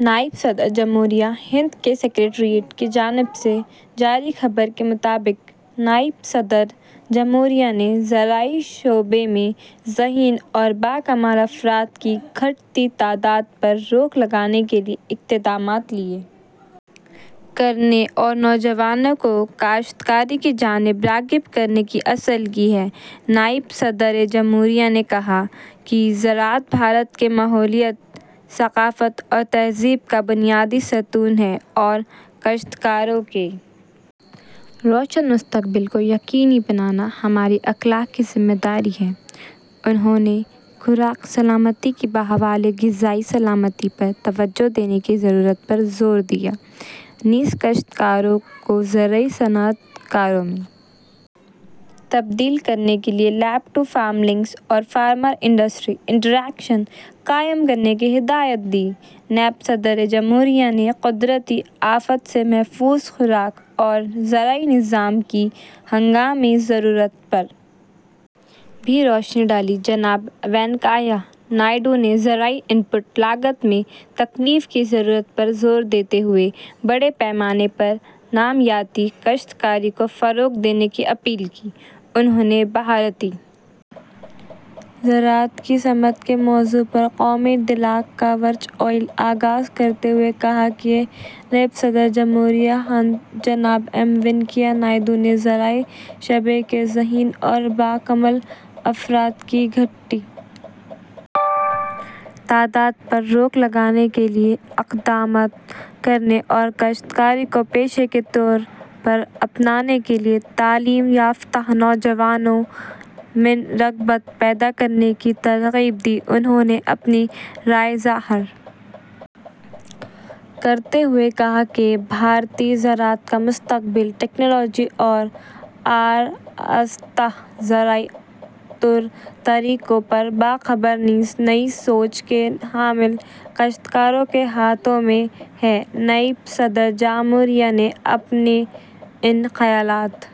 نائب صدر جمہوریہ ہند کے سکریٹریٹ کی جانب سے جاری خبر کے مطابق نائب صدر جمہوریہ نے زرعی شعبے میں ذہین اور باکمال افراد کی گھٹتی تعداد پر روک لگانے کے لیے اقدامات کرنے اور نوجوانوں کو کاشتکاری کی جانب راغب کرنے کی اپیل کی ہے نائب صدر جمہوریہ نے کہا کہ زراعت بھارت کے ماحولیات ثقافت اور تہذیب کا بنیادی ستون ہے اور کاشتکاروں کے روشن مستقبل کو یقینی بنانا ہماری اخلاقی ذمہ داری ہے انہوں نے خوراک سلامتی کے بجائے تغذیائی سلامتی پر توجہ دینے کی ضرورت پر زور دیا نیز کاشتکاروں کو زرعی صنعت کاروں میں تبدیل کرنے کے لیے لیب ٹو فارم لنکس اور فارمر انڈسٹری انٹریکشن قائم کرنے کی ہدایت دی نائب صدر جمہوریہ نے قدرتی آفات سے محفوظ خوراک اور زرعی نظام کی ہنگامی ضرورت پر بھی روشنی ڈالی جناب وینکیا نائیڈو نے زرعی ان پٹ لاگت میں تخفیف کی ضرورت پر زور دیتے ہوئے بڑے پیمانے پر نامیاتی کاشتکاری کو فروغ دینے کی اپیل کی انہوں نے بھارتی زراعت کی سمت کے موضوع پر قومی ڈائیلاگ کا ورچوئل آغاز کرتے ہوئے کہا کہ نائب صدر جمہوریہ ہند جناب ایم وینکیا نائیڈو نے زرعی شعبے کے ذہین اور باکمال افراد کی گھٹتی تعداد پر روک لگانے کے لیے اقدامات کرنے اور کاشتکاری کو پیشے کے طور پر اپنانے کے لیے تعلیم یافتہ نوجوانوں میں رغبت پیدا کرنے کی ترغیب دی انہوں نے اپنی رائے ظاہر کرتے ہوئے کہا کہ بھارتی زراعت کا مستقبل تکنالوجی سے آراستہ زرعی طور طریقوں اور باخبر نیز نئی سوچ کے حامل کاشتکاروں کے ہاتھوں میں ہے نائب صدر جمہوریہ نے اپنے ان خیالات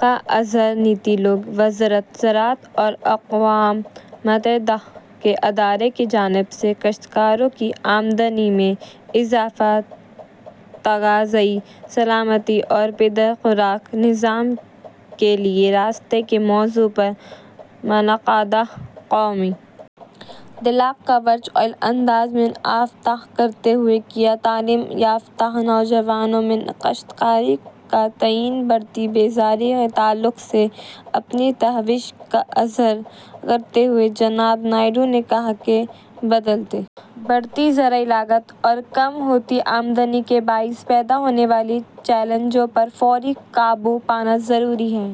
کا اظہار نیتی آیوگ وزارت زراعت اور اقوام متحدہ کے ادارے کی جانب سے کاشکاروں کی آمدنی میں اضافہ تغذیائی سلامتی اور پائیدار خوراک نظام کے لیے راستے کے موضوع پر منعقدہ قومی ڈائیلاگ کا ورچوئل انداز میں افتتاح کرتے ہوئے کیا تعلیم یافتہ نوجوانوں میں کاشتکاری کے تئیں بڑھتی بیزاری کے تعلق سے اپنی تشویش کا اظہار کرتے ہوئے جناب نائیڈو نے کہا کہ بدلتے سماجی اقتصادی ماحول بڑھتی زرعی لاگت اور کم ہوتی آمدنی کے باعث پیدا ہونے والے چیلنجوں پر فوری قابو پانا ضروری ہے